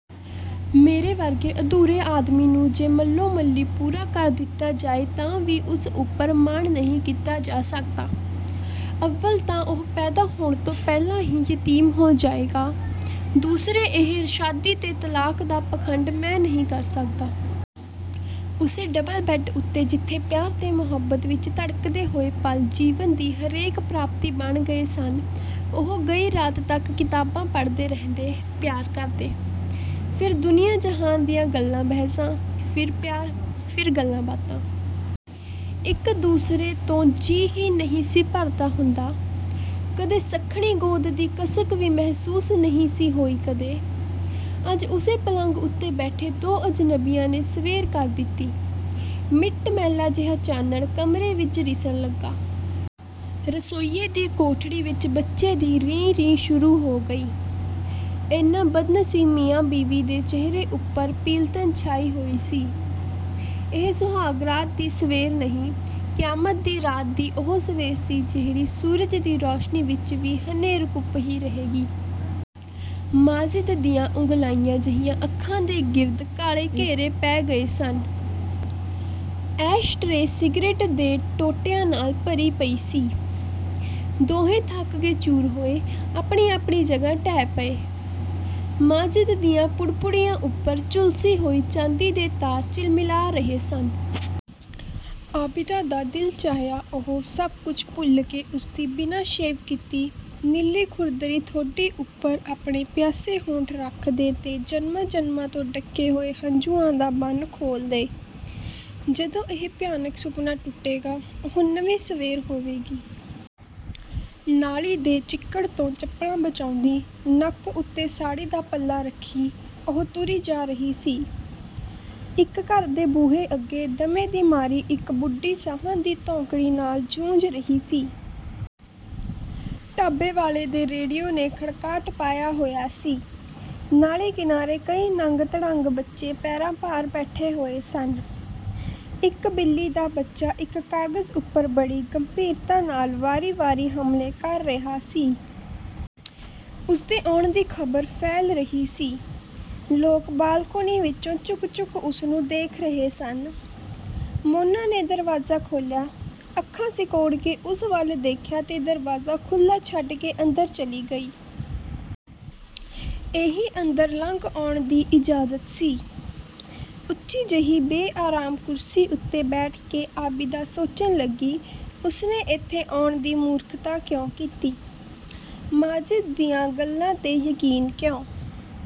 "ਮੇਰੇ ਵਰਗੇ ਅਧੂਰੇ ਆਦਮੀ ਨੂੰ ਜੇ ਮੱਲੋ-ਮੱਲੀ ਪੂਰਾ ਕਰ ਦਿੱਤਾ ਜਾਏ ਤਾਂ ਵੀ ਉਸ ਉੱਪਰ ਮਾਣ ਨਹੀਂ ਕੀਤਾ ਜਾ ਸਕਦਾ। ਅੱਵਲ ਤਾਂ ਉਹ ਪੈਦਾ ਹੋਣ ਤੋਂ ਪਹਿਲਾਂ ਹੀ ਯਤੀਮ ਹੋ ਜਾਏਗਾ, ਦੂਸਰੇ ਇਹ ਸ਼ਾਦੀ ਤੇ ਤਲਾਕ ਦਾ ਪਾਖੰਡ ਮੈਂ ਨਹੀਂ ਕਰ ਸਕਦਾ।" ਉਸੇ ਡਬਲ-ਬੈੱਡ ਉੱਤੇ ਜਿੱਥੇ ਪਿਆਰ ਤੇ ਮੁਹੱਬਤ ਵਿੱਚ ਧੜਕਦੇ ਹੋਏ ਪਲ ਜੀਵਨ ਦੀ ਹਰੇਕ ਪ੍ਰਾਪਤੀ ਬਣ ਗਏ ਸਨ, ਉਹ ਗਈ ਰਾਤ ਤੱਕ ਕਿਤਾਬਾਂ ਪੜ੍ਹਦੇ ਰਹਿੰਦੇ, ਪਿਆਰ ਕਰਦੇ। ਫਿਰ ਦੁਨੀਆਂ-ਜਹਾਨ ਦੀਆਂ ਗੱਲਾਂ-ਬਹਿਸਾਂ, ਫਿਰ ਪਿਆਰ, ਫਿਰ ਗੱਲਾਂ-ਬਾਤਾਂ। ਇੱਕ ਦੂਸਰੇ ਤੋਂ ਜੀਅ ਹੀ ਨਹੀਂ ਸੀ ਭਰਦਾ ਹੁੰਦਾ। ਕਦੇ ਸੱਖਣੀ ਗੋਦ ਦੀ ਕਸਕ ਵੀ ਮਹਿਸੂਸ ਨਹੀਂ ਸੀ ਹੋਈ ਕਦੇ। ਅੱਜ ਉਸੇ ਪਲੰਘ ਉੱਤੇ ਬੈਠੇ ਦੋ ਅਜਨਬੀਆਂ ਨੇ ਸਵੇਰ ਕਰ ਦਿੱਤੀ। ਮਿੱਟ-ਮੈਲਾ ਜਿਹਾ ਚਾਨਣ ਕਮਰੇ ਵਿੱਚ ਰਿਸਣ ਲੱਗਾ। ਰਸੋਈਏ ਦੀ ਕੋਠੜੀ ਵਿੱਚ ਬੱਚੇ ਦੀ 'ਰੀਂ-ਰੀਂ' ਸ਼ੁਰੂ ਹੋ ਗਈ। ਇਹਨਾਂ ਬਦਨਸੀਬ ਮੀਆਂ-ਬੀਵੀ ਦੇ ਚਿਹਰੇ ਉੱਪਰ ਪੀਲਤਨ ਛਾਈ ਹੋਈ ਸੀ। ਇਹ ਸੁਹਾਗ ਰਾਤ ਦੀ ਸਵੇਰ ਨਹੀਂ, ਕਿਆਮਤ ਦੀ ਰਾਤ ਦੀ ਉਹ ਸਵੇਰ ਸੀ ਜਿਹੜੀ ਸੂਰਜ ਦੀ ਰੋਸ਼ਨੀ ਵਿੱਚ ਵੀ ਹਨੇਰ-ਘੁੱਪ ਹੀ ਰਹੇਗੀ। ਮਾਜਿਦ ਦੀਆਂ ਉੰਘਲਾਈਆਂ ਜਿਹੀਆਂ ਅੱਖਾਂ ਦੇ ਗਿਰਦ ਕਾਲੇ ਘੇਰੇ ਪੈ ਗਏ ਸਨ। ਐਸ਼-ਟਰੇ ਸਿਗਰੇਟ ਦੇ ਟੋਟਿਆਂ ਨਾਲ ਭਰੀ ਪਈ ਸੀ। ਦੋਹੇਂ ਥੱਕ ਕੇ ਚੂਰ ਹੋਏ, ਆਪਣੀ-ਆਪਣੀ ਜਗ੍ਹਾ ਢਹਿ ਪਏ। ਮਾਜਿਦ ਦੀਆਂ ਪੁੜਪੁੜੀਆਂ ਉੱਪਰ ਝੁਲਸੀ ਹੋਈ ਚਾਂਦੀ ਦੇ ਤਾਰ ਝਿਲਮਿਲਾ ਰਹੇ ਸਨ। ਆਬਿਦਾ ਦਾ ਦਿਲ ਚਾਹਿਆ ਉਹ ਸਭ ਕੁਝ ਭੁੱਲ ਕੇ ਉਸਦੀ ਬਿਨਾਂ ਸ਼ੇਵ ਕੀਤੀ, ਨੀਲੀ ਖੁਰਦਰੀ ਠੋਡੀ ਉੱਪਰ ਆਪਣੇ ਪਿਆਸੇ ਹੋਂਠ ਰੱਖ ਦੇ ਤੇ ਜਨਮਾਂ-ਜਨਮਾਂ ਤੋਂ ਡੱਕੇ ਹੋਏ ਹੰਝੂਆਂ ਦਾ ਬੰਨ੍ਹ ਖੋਲ੍ਹ ਦੇ। ਜਦੋਂ ਇਹ ਭਿਆਨਕ ਸੁਪਨਾ ਟੁੱਟੇਗਾ, ਉਹ ਨਵੀਂ ਸਵੇਰ ਹੋਵੇਗੀ। ਨਾਲੀ ਦੇ ਚਿੱਕੜ ਤੋਂ ਚੱਪਲਾਂ ਬਚਾਉਂਦੀ, ਨੱਕ ਉੱਤੇ ਸਾੜ੍ਹੀ ਦਾ ਪੱਲਾ ਰੱਖੀ, ਉਹ ਤੁਰੀ ਜਾ ਰਹੀ ਸੀ। ਇੱਕ ਘਰ ਦੇ ਬੂਹੇ ਅੱਗੇ ਦਮੇ ਦੀ ਮਾਰੀ ਇੱਕ ਬੁੱਢੀ ਸਾਹਾਂ ਦੀ ਧੌਂਕਣੀ ਨਾਲ ਜੂਝ ਰਹੀ ਸੀ। ਢਾਬੇ ਵਾਲੇ ਦੇ ਰੇਡੀਓ ਨੇ 'ਖੜਕਾਟ' ਪਾਇਆ ਹੋਇਆ ਸੀ। ਨਾਲੀ ਕਿਨਾਰੇ ਕਈ ਨੰਗ-ਧੜੰਗ ਬੱਚੇ ਪੈਰਾਂ ਭਾਰ ਬੈਠੇ ਹੋਏ ਸਨ। ਇੱਕ ਬਿੱਲੀ ਦਾ ਬੱਚਾ ਇੱਕ ਕਾਗਜ਼ ਉੱਪਰ ਬੜੀ ਗੰਭੀਰਤਾ ਨਾਲ ਵਾਰੀ-ਵਾਰੀ ਹਮਲੇ ਕਰ ਰਿਹਾ ਸੀ। ਉਸਦੇ ਆਉਣ ਦੀ ਖ਼ਬਰ ਫੈਲ ਰਹੀ ਸੀ। ਲੋਕ ਬਾਲਕੋਨੀ ਵਿੱਚੋਂ ਝੁਕ-ਝੁਕ ਉਸਨੂੰ ਦੇਖ ਰਹੇ ਸਨ। ਮੋਨਾ ਨੇ ਦਰਵਾਜ਼ਾ ਖੋਲ੍ਹਿਆ, ਅੱਖਾਂ ਸਿਕੋੜ ਕੇ ਉਸ ਵੱਲ ਦੇਖਿਆ ਤੇ ਦਰਵਾਜ਼ਾ ਖੁੱਲ੍ਹਾ ਛੱਡ ਕੇ ਅੰਦਰ ਚਲੀ ਗਈ। ਇਹੀ ਅੰਦਰ ਲੰਘ ਆਉਣ ਦੀ ਇਜਾਜ਼ਤ ਸੀ। ਉੱਚੀ ਜਿਹੀ ਬੇਆਰਾਮ ਕੁਰਸੀ ਉੱਤੇ ਬੈਠ ਕੇ ਆਬਿਦਾ ਸੋਚਣ ਲੱਗੀ, 'ਉਸਨੇ ਇੱਥੇ ਆਉਣ ਦੀ ਮੂਰਖਤਾ ਕਿਉਂ ਕੀਤੀ?... ਮਾਜਿਦ ਦੀਆਂ ਗੱਲਾਂ 'ਤੇ ਯਕੀਨ ਕਿਉਂ?